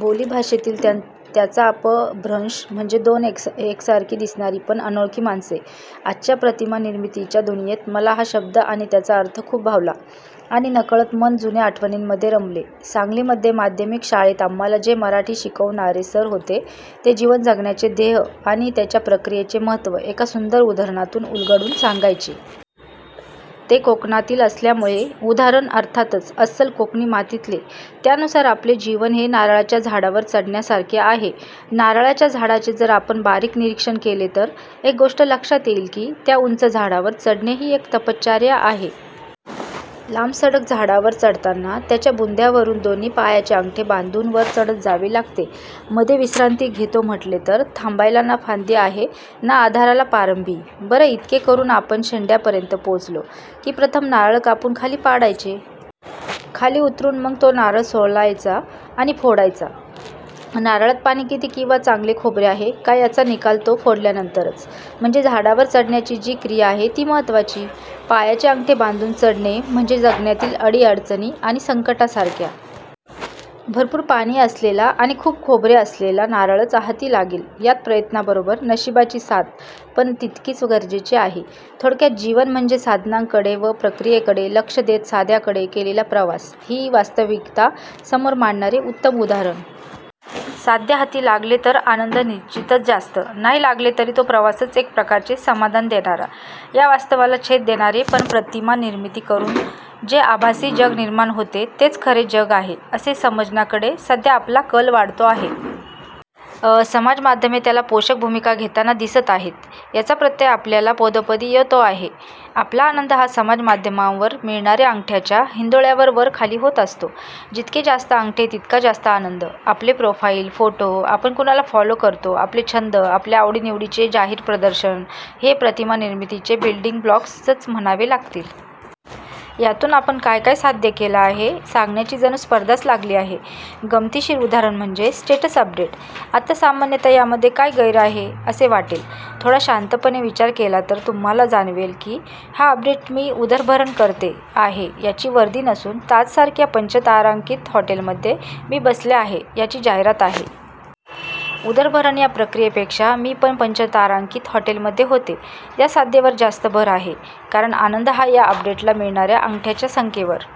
बोली भाषेतील त्याचा अपभ्रंश म्हणजे दोन एकसारखी दिसणारी पण अनोळखी माणसे. आजच्या प्रतिमानिर्मितीच्या दुनियेत मला हा शब्द आणि त्याचा अर्थ खूप भावला. आणि नकळत मन जुन्या आठवणींमध्ये रमले. सांगलीमध्ये माध्यमिक शाळेत आम्हाला जे मराठी शिकवणारे सर होते ते जीवन जगण्याचे ध्येय आणि त्याच्या प्रक्रियेचे महत्त्व एका सुंदर उदाहरणातून उलगडून सांगायचे. ते कोकणातील असल्यामुळे उदाहरण अर्थातच अस्सल कोकणी मातीतले. त्यानुसार आपले जीवन हे नारळाच्या झाडावर चढण्यासारखे आहे. नारळाच्या झाडाचे जर आपण बारीक निरीक्षण केले तर एक गोष्ट लक्षात येईल की त्या उंच झाडावर चढणे ही एक तपश्चर्या आहे. लांब सडक झाडावर चढताना त्याच्या बुंध्यावरून दोन्ही पायाचे अंगठे बांधून वर चढत जावे लागते. मधे विश्रांती घेतो म्हटले तर थांबायला ना फांदी आहे ना आधाराला पारंबी. बरं इतके करून आपण शेंड्यापर्यंत पोहोचलो की प्रथम नारळ कापून खाली पाडायचे. खाली उतरून मग तो नारळ सोलायचा आणि फोडायचा. नारळात पाणी किती किंवा चांगले खोबरे आहे का याचा निकाल तो फोडल्यानंतरच. म्हणजे झाडावर चढण्याची जी क्रिया आहे ती महत्त्वाची. पायाचे अंगठे बांधून चढणे म्हणजे जगण्यातील अडीअडचणी आणि संकटांसारख्या. भरपूर पाणी असलेला आणि खूप खोबरे असलेला नारळच हाती लागेल यात प्रयत्नाबरोबर नशिबाची साथ पण तितकीच गरजेची आहे. थोडक्यात जीवन म्हणजे साधनांकडे व प्रक्रियेकडे लक्ष्य देत साध्याकडे केलेला प्रवास ही वास्तविकता समोर मांडणारे उत्तम उदाहरण. साध्य हाती लागले तर आनंद निश्चितच जास्त, नाही लागले तरी तो प्रवासच एक प्रकारचे समाधान देणारा. या वास्तवाला छेद देणारे पण प्रतिमानिर्मिती करून, जे आभासी जग निर्माण होते तेच खरे जग आहे असे समजण्याकडे सध्या आपला कल वाढतो आहे. समाज माध्यमे त्याला पोषक भूमिका घेताना दिसत आहेत. याचा प्रत्यय आपल्याला पदोपदी येतो आहे. आपला आनंद हा समाज माध्यमांवर मिळणाऱ्या अंगठ्यांच्या हिंदोळ्यावर वर खाली होत असतो. जितके जास्त अंगठे तितका जास्त आनंद. आपले प्रोफाइल, फोटो, आपण कुणाला फॉलो करतो, आपले छंद, आपल्या आवडीनिवडीचे जाहीर प्रदर्शन हे प्रतिमानिर्मितीचे बिल्डिंग ब्लॉक्स च म्हणावे लागतील. यातून आपण काय काय साध्य केले आहे हे सांगण्याची जणू स्पर्धाच लागली आहे. गंमतशीर उदाहरण म्हणजे स्टेटस अपडेट. आता सामान्यतः यामध्ये काय गैर आहे असे वाटेल. थोडा शांतपणे विचार केला तर तुम्हाला जाणवेल की हा अपडेट मी उदरभरण करते आहे याची वर्दी नसून ताजसारख्या पंचतारांकित हॉटेलमध्ये मी बसले आहे याची जाहिरात आहे. उदरभरण या प्रक्रियेपेक्षा मी पण पंचतारांकित हॉटेलमध्ये होते या साध्यवर जास्त भर आहे कारण आनंद हा या अपडेटला मिळणाऱ्या अंगठ्यांच्या संख्येवर